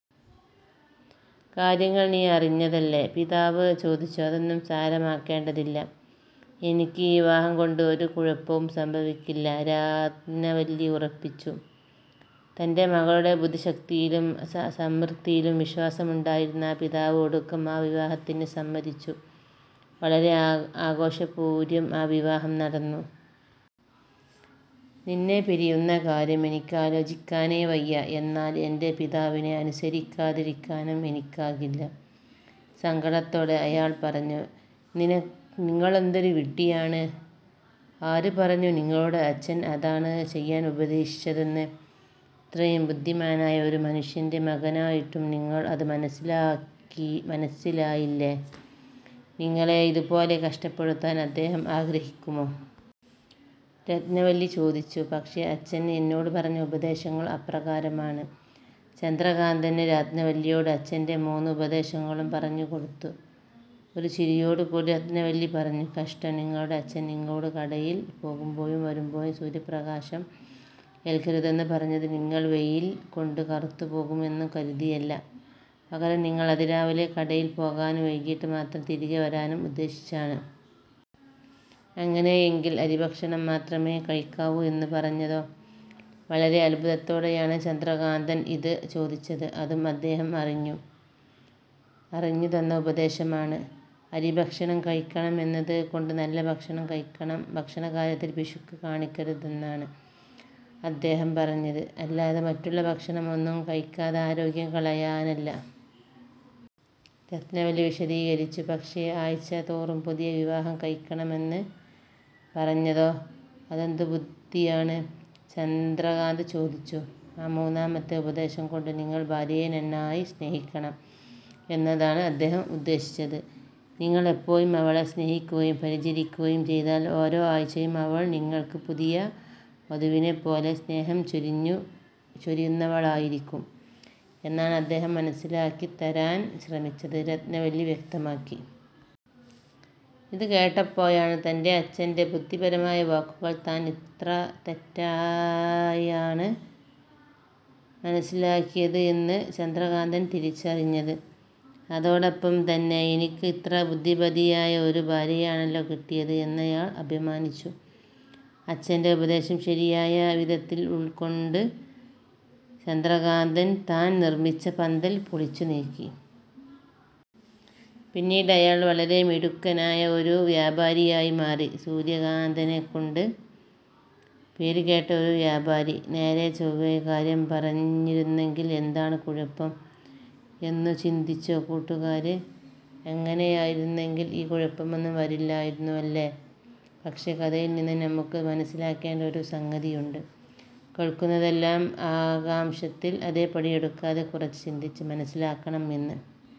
കാര്യങ്ങള് നീ അറിഞ്ഞതല്ലെ? " പിതാവ് ചോദിച്ചു "അതൊന്നും സാരമാക്കേണ്ടതില്ല. എനിക്ക് ഈ വിവാഹം കൊണ്ട് ഒരു കുഴപ്പവും സംഭവിക്കില്ല" രത്നവല്ലി ഉറപ്പിച്ചു പറഞ്ഞു. തന്റെ മകളുടെ ബുദ്ധിശക്തിയിലും സാമര്ത്ഥ്യത്തിലും വിശ്വാസമുണ്ടായിരുന്ന ആ പിതാവ് ഒടുക്കം ആ വിവാഹത്തിന് സമ്മതിച്ചു. വളരെ ആഘോഷപൂര്വം ആ വിവാഹം നടന്നു. "നിന്നെ പിരിയുന്ന കാര്യം എനിക്കാലോചിക്കാനേ വയ്യ. എന്നാല് ഏന്റെ പിതാവിനെ അനുസരിക്കാതിരിക്കാനും എനിക്കാകില്ല" സങ്കടത്തോടെ അയാള് പറഞ്ഞു. "നിങ്ങളെന്തൊരു വിഡ്ഡിയാണ്. ആര് പറഞ്ഞു നിങ്ങളോട് അച്ഛന് അതാണ് ചെയ്യാന് ഉപദേശിച്ചതെന്ന്. ഇത്രയും ബുദ്ധിമാനായ ഒരു മനുഷ്യന്റെ മകനായിട്ടും നിങ്ങള്ക്ക് അത് മനസ്സിലായില്ലേ? നിങ്ങളെ ഇത് പോലെ കഷ്ടപ്പെടുത്താന് അദ്ദേഹം ആഗ്രഹിക്കുമോ? " രത്നവല്ലി ചോദിച്ചു. "പക്ഷേ അച്ഛന് എന്നോടു പറഞ്ഞ ഉപദേശങ്ങള് അപ്രകാരമാണ്. " ചന്ദ്രകാന്തന് രത്നവല്ലിയോട് അച്ചന്റെ മൂന്ന് ഉപദേശങ്ങളും പറഞ്ഞു കൊടുത്തു. ഒരു ചിരിയോട് കൂടി രത്നവല്ലി പറഞ്ഞു. "കഷ്ടം. നിങ്ങളുടെ അച്ഛന് നിങ്ങളോട് കടയില് പോകുമ്പോഴും വരുമ്പോഴും സൂര്യപ്രകാശം ഏൽക്കരുതെന്ന് പറഞ്ഞത് നിങ്ങള് വെയില് കൊണ്ട് കറുത്ത് പോകും എന്നു കരുതിയല്ല, പകരം നിങ്ങള് അതിരാവിലെ കടയില് പോകാനും, വൈകീട്ട് മാത്രം തിരികെ വരാനും ഉദ്ദേശിച്ചാണ്. " "അങ്ങിനെയെങ്കില് അരിഭക്ഷണം മാത്രമേ കഴിക്കാവൂ എന്നു പറഞ്ഞതോ? " വളരെ അത്ഭുതത്തോടെയാണ് ചന്ദ്രകാന്തന് ഇത് ചോദിച്ചത്. "അതും അദ്ധേഹം അറിഞ്ഞു തന്ന ഉപദേശം ആണ്. അരി ഭക്ഷണം കഴിക്കണം എന്നത് കൊണ്ട് നല്ല ഭക്ഷണം കഴിക്കണം, ഭക്ഷണകാര്യത്തില് പിശുക്ക് കാണിക്കരുതെന്നാണ് അദ്ദേഹം പറഞ്ഞത്. അല്ലാതെ മറ്റുള്ള ഭക്ഷണം ഒന്നും കഴിക്കാതെ ആരോഗ്യം കളയാനല്ല! " രത്നവല്ലി വിശദീകരിച്ചു. "പക്ഷേ, ആഴ്ച തോറും പുതിയ വിവാഹം കഴിക്കണമെന്ന് പറഞ്ഞതോ? അതെന്തൊരു ബുദ്ധിയാണ്? " ചന്ദ്രകാന്തന് ചോദിച്ചു. "ആ മൂന്നാമത്തെ ഉപദേശം കൊണ്ട് നിങ്ങള് ഭാര്യയെ നന്നായി സ്നേഹിക്കണം എന്നാണ് അദ്ദേഹം ഉദ്ദേശിച്ചത്. നിങ്ങള് എപ്പോഴും അവളെ സ്നേഹിക്കുകയും പരിചരിക്കുകയും ചെയ്താല് ഓരോ ആഴ്ചയും അവള് നിങ്ങള്ക്ക് ഒരു പുതിയ വധുവിനെപ്പോലെ സ്നേഹം ചൊരിയുന്നവളായിരിക്കും എന്നാണ് അദ്ദേഹം മനസ്സിലാക്കിത്തരാന് ശ്രമിച്ചത്" രത്നവല്ലി വ്യക്തമാക്കി. ഇത് കേട്ടപ്പോഴാണ് തന്റെ അച്ചന്റെ ബുദ്ധിപരമായ വാക്കുകള് താന് എത്ര തെറ്റായാണ് മനസ്സിലാക്കിയത് എന്നു ചന്ദ്രകാന്തന് തിരിച്ചറിഞ്ഞത്. അതോടൊപ്പം തന്നെ തനിക്ക് ഇത്ര ബുദ്ധിമതിയായ ഒരു ഭാര്യയെയാണല്ലോ കിട്ടിയത് എന്നയാള് അഭിമാനിച്ചു. അച്ചന്റെ ഉപദേശം ശരിയായ വിധത്തില് ഉള്കൊണ്ട് ചന്ദ്രകാന്തന് താന് നിര്മ്മിച്ച പന്തല് പൊളിച്ച് നീക്കി. പിന്നീട് അയാള് വളരെ മിടുക്കനായ ഒരു വ്യാപാരിയായി മാറി സൂര്യകാന്തന്നെക്കാള് പേര് കേട്ട ഒരു വ്യാപാരി. നേരെചൊവ്വേ കാര്യം പറഞ്ഞിരുന്നെങ്കില് എന്താണ് കുഴപ്പം എന്നു ചിന്തിച്ചോ കൂട്ടുകാര്? അങ്ങിനെയായിരുന്നെങ്കില് ഈ കുഴപ്പമൊന്നും വരില്ലായിരുന്നു അല്ലേ? പക്ഷേ കഥയില് നിന്നും നമുക്ക് മനസ്സിലാക്കേണ്ട ഒരു സംഗതിയുണ്ട് കേള്ക്കുന്നതെല്ലാം അക്ഷരാര്ത്ഥത്തില് അതേപടി എടുക്കാതെ കുറച്ച് ചിന്തിച്ച് മനസ്സിലാക്കണം എന്ന്.